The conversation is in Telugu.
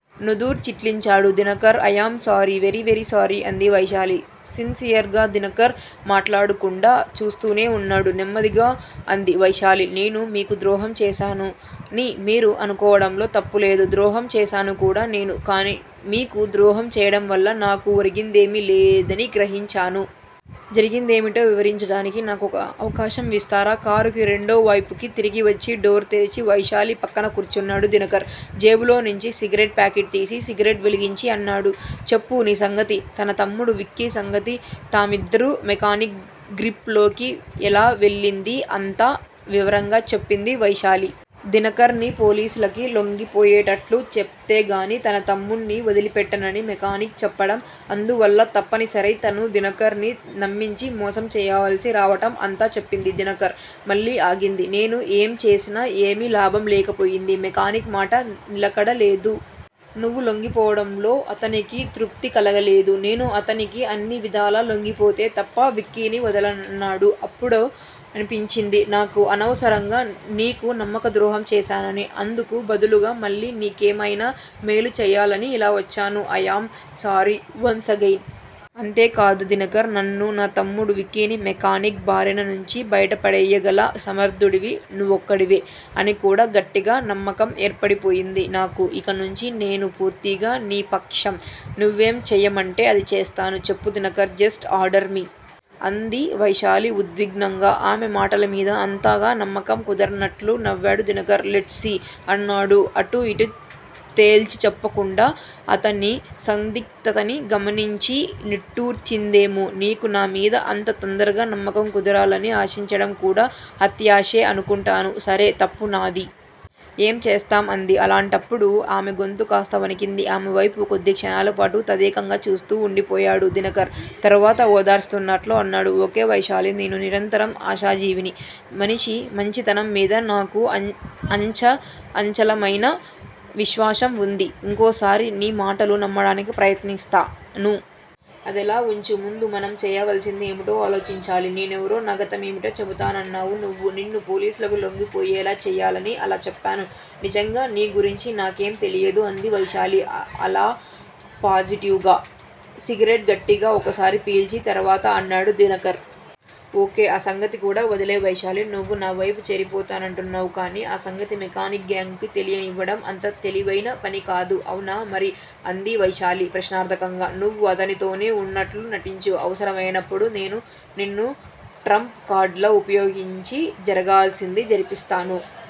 నుదురు చిట్లించాడు Dinakar. I am sorry! Very very sorry! అంది వైశాలి సిన్సియర్ గా. దినకర్ మాట్లాడకుండా చూస్తూనే వున్నాడు. నెమ్మదిగా అంది వైశాలి. నేను మీకు ద్రోహం చేసానని మీరు అనుకోవడంలో తప్పులేదు. ద్రోహం చేసాను కూడా నేను. కానీ మీకు ద్రోహం చేయడం వల్ల నాకు ఒరిగిందేమీ లేదని గ్రహించాను. జరిగిందేమిటో వివరించడానికి నాకు ఒక్క అవకాశం ఇస్తారా? కారుకి రెండో వైపుకి తిరిగివచ్చి డోర్ తెరిచి వైశాలి పక్కన కూర్చున్నాడు దినకర్. జేబులోనుంచి సిగరెట్ ప్యాకెట్ తీసి సిగరెట్ వెలిగించి అన్నాడు. చెప్పు! తన సంగతీ, తన తమ్ముడు విక్కీ సంగతీ, తామిద్దరూ మెకానిక్ గ్రిప్ లోకి ఎలా వెళ్ళిందీ అంతా వివరంగా చెప్పింది వైశాలి. దినకర్ ని పోలీసులకి లొంగిపోయేటట్లు చేస్తేగానీ తన తమ్ముడిని వదిలిపెట్టనని మెకానిక్ చెప్పడం, అందువల్ల తప్పనిసరై తను దినకర్ ని నమ్మించి మోసం చేయవలసి రావడం అంతా చెప్పింది. దినకర్! మళ్ళీ ఆగింది నేను ఏం చేసినా ఏమీ లాభం లేకపోయింది. మెకానిక్ మాట నిలకడ లేదు. నువ్వు లొంగిపోవడంతో అతనికి తృప్తి కలగలేదు. నేను అతనికి అన్ని విధాలా లొంగిపోతే తప్ప విక్కీని వదలనన్నాడు. అప్పుడనిపించింది నాకు! అనవసరంగా నీకు నమ్మక ద్రోహం చేశానని! అందుకు బదులుగా మళ్ళీ నీకేమయినా మేలు చెయ్యాలని ఇలా వచ్చాను. I am sorry! Once again! అంతేకాదు దినకర్! నన్నూ, నా తమ్ముడు విక్కీని మెకానిక్ బారినుంచి బయట పడెయ్యగల సమర్దుడివి నువ్వొక్కడివే అని కూడా గట్టిగా నమ్మకం ఏర్పడిపోయింది నాకు. ఇక నుంచీ నేను పూర్తిగా నీ పక్షం! నువ్వేం చేయమంటే అది చేస్తాను. చెప్పు దినకర్! Just order me! అంది వైశాలి ఉద్విగ్నంగా. ఆమె మాటలమీద అంతగా నమ్మకం కుదరనట్లు నవ్వాడు దినకర్. Let's see! అన్నాడు అటూ ఇటూ తేల్చిచెప్పకుండా. అతని సందిగ్ధతని గమనించి నిట్టూర్చిందామె. నీకు నా మీద అంత తొందరగా నమ్మకం కుదరాలని ఆశించడం కూడా అత్యాశే అనుకుంటాను. సరే తప్పు నాది! ఏం చేస్తాం? అంది. అలా అంటున్నప్పుడు ఆమె గొంతు కాస్త వణికింది. ఆమె వైపు కొద్ది క్షణాలపాటు తదేకంగా చూస్తూ వుండిపోయాడు దినకర్. తర్వాత ఓదారుస్తున్నట్లు అన్నాడు. ఓకే వైశాలి! నేను నిరంతరం ఆశాజీవిని. మనిషి మంచితనంమీద నాకు అచంచలమయిన విశ్వాసం వుంది. ఇంకోసారి నీ మాటలు నమ్మడానికి ప్రయత్నిస్తాను. అదలా వుంచు. ముందు మనం చెయ్యాల్సింది ఏమిటో ఆలోచించాలి. నేనెవరో, నా గతమేమిటో చెబుతానన్నావు నువ్వు! నిన్ను పోలీసులకి లొంగిపోయేలా చెయ్యాలని అలా చెప్పాను. నిజంగా నీ గురించి నాకేం తెలీదు అంది వైశాలి అపాలజెటిక్ గా. సిగరెట్ గట్టిగా ఒకసారి పీల్చి తర్వాత అన్నాడు దినకర్! ఓకే! ఆ సంగతి కూడా వదిలెయ్! వైశాలీ! నువ్వు నావైపు చేరిపోతానంటున్నావు. కానీ ఆ సంగతి మెకానిక్ గ్యాంగుకి తెలియనివ్వడం అంత తెలివయిన పనికాదు అవునా? మరి? అంది వైశాలి ప్రశ్నార్ధకంగా. నువ్వు అతనితోనే వుంటున్నట్లు నటించు. అవసరమయినప్పుడు నేను నిన్ను ట్రంప్ కార్డులా ఉపయోగించి జరగాల్సింది జరిపిస్తాను.